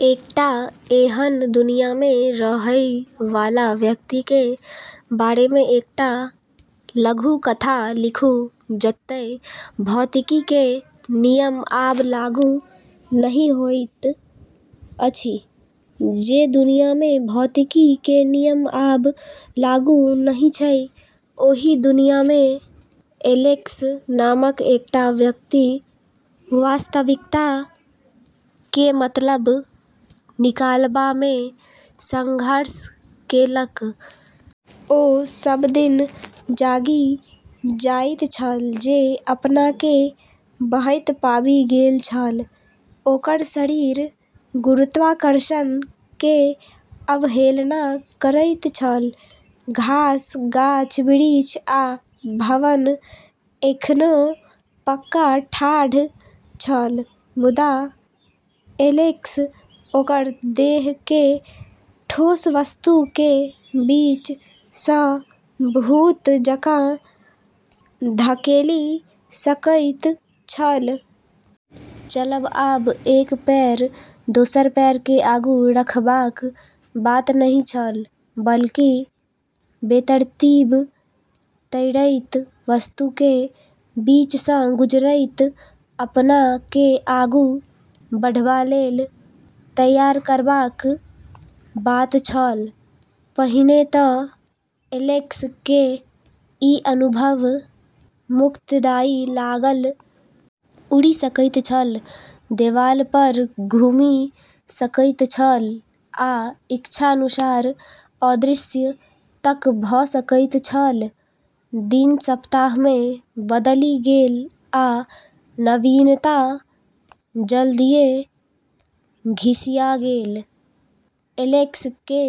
एकटा एहन दुनिया मे रहय वाला व्यक्ति के बारे मे एकटा लघुकथा लिखू जतय भौतिकी के नियम आब लागू नहि होइत अछि। जे दुनिया मे भौतिकी के नियम आब लागू नहि छै, ओहि दुनिया मे एलेक्स नामक एकटा व्यक्ति वास्तविकता के मतलब निकालबा मे संघर्ष केलक। ओ सभ दिन जागि जाइत छल जे अपना के बहैत पाबि गेल छल, ओकर शरीर गुरुत्वाकर्षण के अवहेलना करैत छल। घास, गाछ-बिरिछ आ भवन एखनो पक्का ठाढ़ छल, मुदा एलेक्स ओकर देह के ठोस वस्तु के बीच सँ भूत जकाँ धकेलि सकैत छल। चलब आब एक पैर दोसर पैर के आगू रखबाक बात नहि छल, बल्कि बेतरतीब तैरैत वस्तु के बीच सँ गुजरैत अपना के आगू बढ़बा लेल तैयार करबाक बात छल। पहिने त एलेक्स के ई अनुभव मुक्तिदायी लागल। उड़ि सकैत छल, देवाल पर घुमि सकैत छल, आ इच्छानुसार अदृश्य तक भ सकैत छल। दिन सप्ताह मे बदलि गेल, आ नवीनता जल्दिये घिसिया गेल। एलेक्स के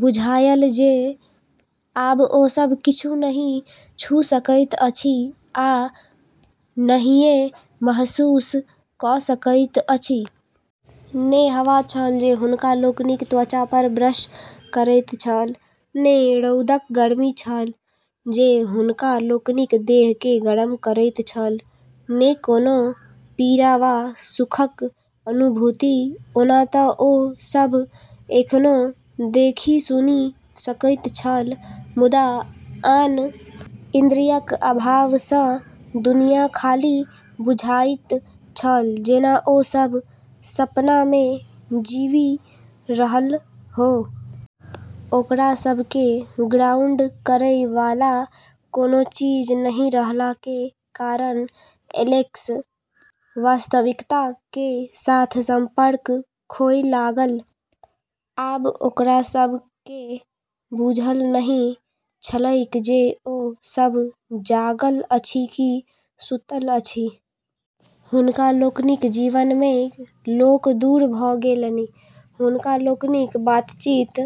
बुझायल जे आब ओ सब किछु नहि छू सकैत अछि आ नहिये महसूस क सकैत अछि। ने हवा छल जे हुनका लोकनिक त्वचा पर ब्रश करैत छल, ने रौदक गर्मी छल जे हुनका लोकनिक देह के गरम करैत छल, ने कोनो पीड़ा वा सुखक अनुभूति। ओना त ओ सभ एखनो देखि-सुनि सकैत छल, मुदा आन इन्द्रियक अभाव सँ दुनिया खाली बुझाइत छल, जेना ओ सभ सपना मे जीबि रहल हो। ओकरा सब के ग्राउंड करै वाला कोनो चीज नहि रहला के कारण एलेक्स वास्तविकता के साथ संपर्क खोय लागल। आब ओकरा सब के बुझल नहि छलैक जे ओ सभ जागल अछि कि सुतल अछि। हुनका लोकनिक जीवन मे लोक दूर भ गेलनि, हुनका लोकनिक बातचीत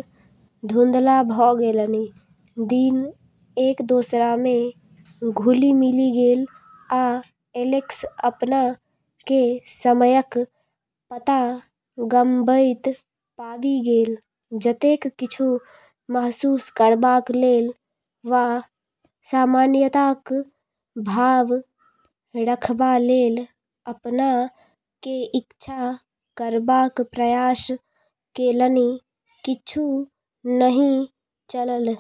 धुंधला भ गेलनि। दिन एक दोसरा मे घुलि-मिलि गेल, आ एलेक्स अपना के समयक पता गमबैत पाबि गेल। जतेक किछु महसूस करबाक लेल वा सामान्यताक भाव रखबा लेल अपना के इच्छा करबाक प्रयास केलनि, किछु नहि चलल।